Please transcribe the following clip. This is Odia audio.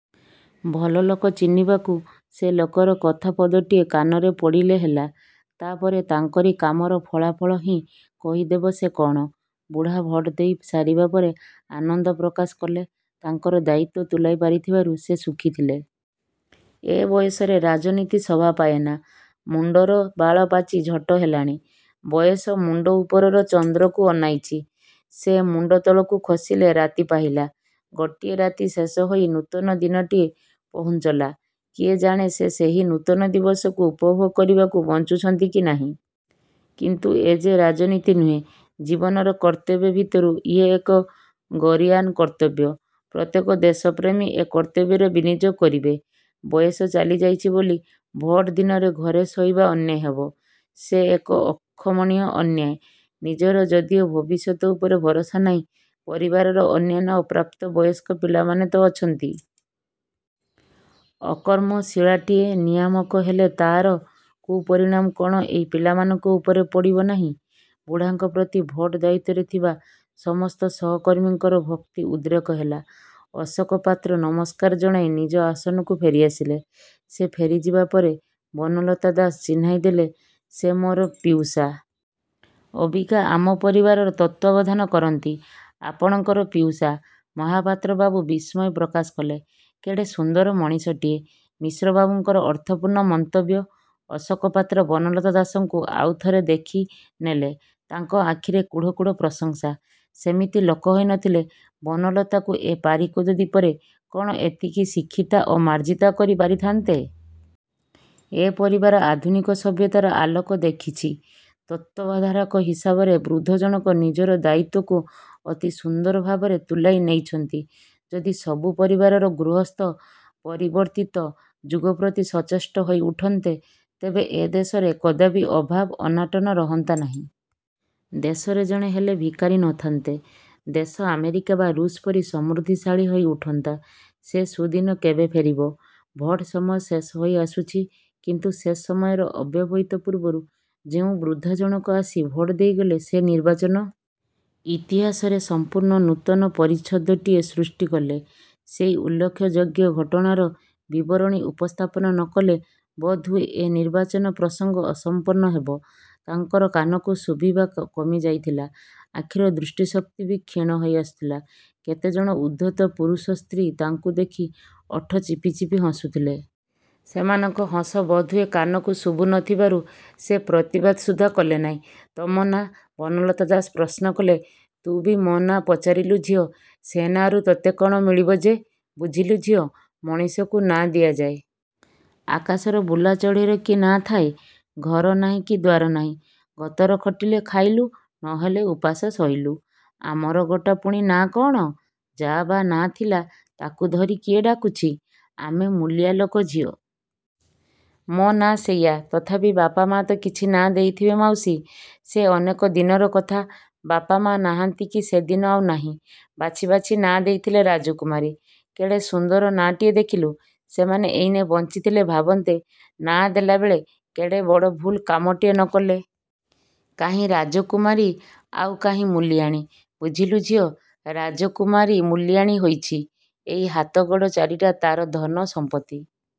ଭଲ ଲୋକ ଚିହ୍ନିବାକୁ ସେ ଲୋକର କଥା ପଦଟିଏ କାନରେ ପଡ଼ିଲେ ହେଲା। ତା'ପରେ ତାଙ୍କରି କାମର ଫଳାଫଳ ହିଁ କହିଦେବ ସେ କଣ? ବୁଢ଼ା ଭୋଟ ଦେଇ ସାରିବା ପରେ ଆନନ୍ଦ ପ୍ରକାଶ କଲେ। ତାଙ୍କର ଦାୟିତ୍ୱ ତୁଲାଇ ପାରିଥିବାରୁ ସେ ସୁଖୀ ଥିଲେ। ଏ ବୟସରେ ରାଜନୀତି ଶୋଭା ପାଏନାଁ। ମୁଣ୍ଡର ବାଳ ପାଚି ଝୋଟ ହେଲାଣି। ବୟସ ମୁଣ୍ଡ ଉପରର ଚନ୍ଦ୍ରକୁ ଅନାଇଛି। ସେ ମୁଣ୍ଡ ତଳକୁ ଖସିଲେ ରାତି ପାହିଲା। ଗୋଟିଏ ରାତି ଶେଷ ହୋଇ ନୂତନ ଦିନଟିଏ ପହୁଞ୍ଚଲା। କିଏ ଜାଣେ ସେ ସେହି ନୂତନ ଦିବସକୁ ଉପଭୋଗ କରିବାକୁ ବଞ୍ଚୁଛନ୍ତି କି ନାହିଁ। କିନ୍ତୁ ଏଯେ ରାଜନୀତି ନୁହେଁ। ଜୀବନର କର୍ତ୍ତବ୍ୟ ଭିତରୁ ଇଏ ଏକ ଗରୀୟାନ କର୍ତ୍ତବ୍ୟ। ପ୍ରତ୍ୟେକ ଦେଶପ୍ରେମୀ ଏ କର୍ତ୍ତବ୍ୟର ବିନିଯୋଗ କରିବେ। ବୟସ ଚାଲି ଯାଇଛି ବୋଲି ଭୋଟ ଦିନରେ ଘରେ ଶୋଇବା ଅନ୍ୟାୟ ହେବ। ସେ ଏକ ଅକ୍ଷମଣୀୟ ଅନ୍ୟାୟ-। ନିଜର ଯଦିଓ ଭବିଷ୍ୟତ ଉପରେ ଭରସା ନାହିଁ, ପରିବାରର ଅନ୍ୟାନ୍ୟ ଅପ୍ରାପ୍ତ ବୟସ୍କ ପିଲାମାନେ ତ ଅଛନ୍ତି। ଅକର୍ମଶୀଳାଟିଏ ନିୟାମକ ହେଲେ ତା'ର କୁପରିଣାମ କଣ ଏହି ପିଲାମାନଙ୍କ ଉପରେ ପଡ଼ିବ ନାହିଁ? ବୁଢ଼ାଙ୍କ ପ୍ରତି ଭୋଟ ଦାୟିତ୍ୱରେ ଥିବା ସମସ୍ତ ସହକର୍ମୀଙ୍କର ଭକ୍ତି ଉଦ୍ରେକ ହେଲା। ଅଶୋକ ପାତ୍ର ନମସ୍କାର ଜଣାଇ ନିଜ ଆସନକୁ ଫେରି ଆସିଲେ। ସେ ଫେରି ଯିବା ପରେ ବନଲତା ଦାସ ଚିହ୍ନାଇଦେଲେ ସେ ମୋର ପିଉସା। ଅବିକା ଆମ ପରିବାରର ତତ୍ତ୍ୱବଧାନ କରନ୍ତି। ଆପଣଙ୍କର ପିଉସା! ମହାପାତ୍ର ବାବୁ ବିସ୍ମୟ ପ୍ରକାଶ କଲେ। କେଡ଼େ ସୁନ୍ଦର ମଣିଷଟିଏ। ମିଶ୍ରବାବୁଙ୍କର ଅର୍ଥପୂର୍ଣ୍ଣ ମନ୍ତବ୍ୟ। ଅଶୋକ ପାତ୍ର ବନଲତା ଦାସଙ୍କୁ ଆଉ ଥରେ ଦେଖି ନେଲେ। ତାଙ୍କ ଆଖିରେ କୁଢ଼ କୁଢ଼ ପ୍ରଶଂସା। ସେମିତି ଲୋକ ହୋଇ ନ ଥିଲେ ବନଲତାକୁ ଏ ପାରିକୁଦ ଦ୍ୱୀପରେ କଣ ଏତିକି ଶିକ୍ଷିତା ଓ ମାର୍ଜିତା କରି ପାରିଥାଆନ୍ତେ? ଏପରିବାର ଆଧୁନିକ ସଭ୍ୟତାର ଆଲୋକ ଦେଖିଛି। ତତ୍ତ୍ୱାବଧାରକ ହିସାବରେ ବୃଦ୍ଧ ଜଣକ ନିଜର ଦାୟିତ୍ୱକୁ ଅତି ସୁନ୍ଦର ଭାବରେ ତୁଲାଇ ନେଇଛନ୍ତି। ଯଦି ସବୁ ପରିବାରର ଗୃହସ୍ଥ ପରିବର୍ତ୍ତିତ ଯୁଗ ପ୍ରତି ସଚେଷ୍ଟ ହୋଇ ଉଠନ୍ତେ, ତେବେ ଏ ଦେଶରେ କଦାପି ଅଭାବ, ଅନାଟନ ରହନ୍ତା ନାହିଁ। ଦେଶରେ ଜଣେ ହେଲେ ଭିକାରୀ ନ ଥାନ୍ତେ। ଦେଶ ଆମେରିକା ବା ରୁଷ ପରି ସମୃଦ୍ଧିଶାଳୀ ହୋଇ ଉଠନ୍ତା। ସେ ସୁଦିନ କେବେ ଫେରିବ? ଭୋଟ ସମୟ ଶେଷ ହୋଇ ଆସୁଛି। କିନ୍ତୁ ଶେଷ ସମୟର ଅବ୍ୟବହିତ ପୂର୍ବରୁ ଯେଉଁ ବୃଦ୍ଧା ଜଣକ ଆସି ଭୋଟ ଦେଇଗଲେ, ସେ ନିର୍ବାଚନ। ଇତିହାସରେ ସମ୍ପୂର୍ଣ୍ଣ ନୂତନ ପରିଚ୍ଛଦଟିଏ ସୃଷ୍ଟି କଲେ। ସେହି ଉଲ୍ଲେଖ ଯୋଗ୍ୟ ଘଟଣାର ବିବରଣୀ ଉପସ୍ଥାପନ ନ କଲେ ବୋଧହୁଏ ଏ ନିର୍ବାଚନ ପ୍ରସଙ୍ଗ ଅସମ୍ପୂର୍ଣ୍ଣ ହେବ। ତାଙ୍କର କାନକୁ ଶୁଭିବା କମି ଯାଇଥିଲା। ଆଖିର ଦୃଷ୍ଟି ଶକ୍ତି ବି କ୍ଷୀଣ ହୋଇ ଆସୁଥିଲା। କେତେଜଣ ଉଦ୍ଧତ ପୁରୁଷ ସ୍ତ୍ରୀ ତାଙ୍କୁ ଦେଖି ଓଠ ଚିପି ଚିପି ହସୁଥିଲେ। ସେମାନଙ୍କ ହସ ବୋଧହୁଏ କାନକୁ ଶୁଭୁ ନ ଥିବାରୁ ସେ ପ୍ରତିବାଦ ସୁଦ୍ଧା କଲେନାହିଁ। ତମ ନାଁ? ବନଲତା ଦାସ ପ୍ରଶ୍ନ କଲେ। ତୁ ବି ମୋ ନାଁ ପଚାରିଲୁ ଝିଅ! ସେ ନାଆଁରୁ ତୋତେ କଣ ମିଳିବ ଯେ? ବୁଝିଲୁ ଝିଅ, ମଣିଷକୁ ନାଁ ଦିଆଯାଏ। ଆକାଶର ବୁଲା ଚଡ଼େଇର କି ନାଁ ଥାଏ? ଘର ନାହିଁ କି ଦ୍ୱାର ନାହିଁ। ଗତର ଖଟିଲେ ଖାଇଲୁଁ ନ ହେଲେ ଉପାସ ଶୋଇଲୁଁ। ଆମର ଗୋଟା ପୁଣି ନାଁ କଣ? ଯାହା ବା ନାଁ ଥିଲା, ତାକୁ ଧରି କିଏ ଡାକୁଛି? ଆମେ ମୁଲିଆ ଲୋକ ଝିଅ। ମୋ ନାଁ ସେଇଆ। ତଥାପି ବାପା ମା'ତ କିଛି ନାଁ ଦେଇଥିବେ ମାଉସୀ? ସେ ଅନେକ ଦିନର କଥା। ବାପ ମା' ନାହାନ୍ତି କି ସେଦିନ ଆଉ ନାହିଁ। ବାଛି ବାଛି ନାଁ ଦେଇଥିଲେ 'ରାଜକୁମାରୀ'। କେଡ଼େ ସୁନ୍ଦର ନାଁ ଟିଏ ଦେଖିଲୁ! ସେମାନେ ଏଇନେ ବଞ୍ଚିଥିଲେ ଭାବନ୍ତେ, ନାଁ ଦେଲାବେଳେ କେଡ଼େ ବଡ଼ଭୁଲ କାମଟିଏ ନ କଲେ? କାହିଁ ରାଜକୁମାରୀ ଆଉ କାହିଁ ମୂଲିଆଣୀ! ବୁଝିଲୁ ଝିଅ, ରାଜକୁମାରୀ ମୂଲିଆଣୀ ହୋଇଛି। ଏଇ ହାତ ଗୋଡ଼ ଚାରିଟା ତାର ଧନ, ସମ୍ପତ୍ତି।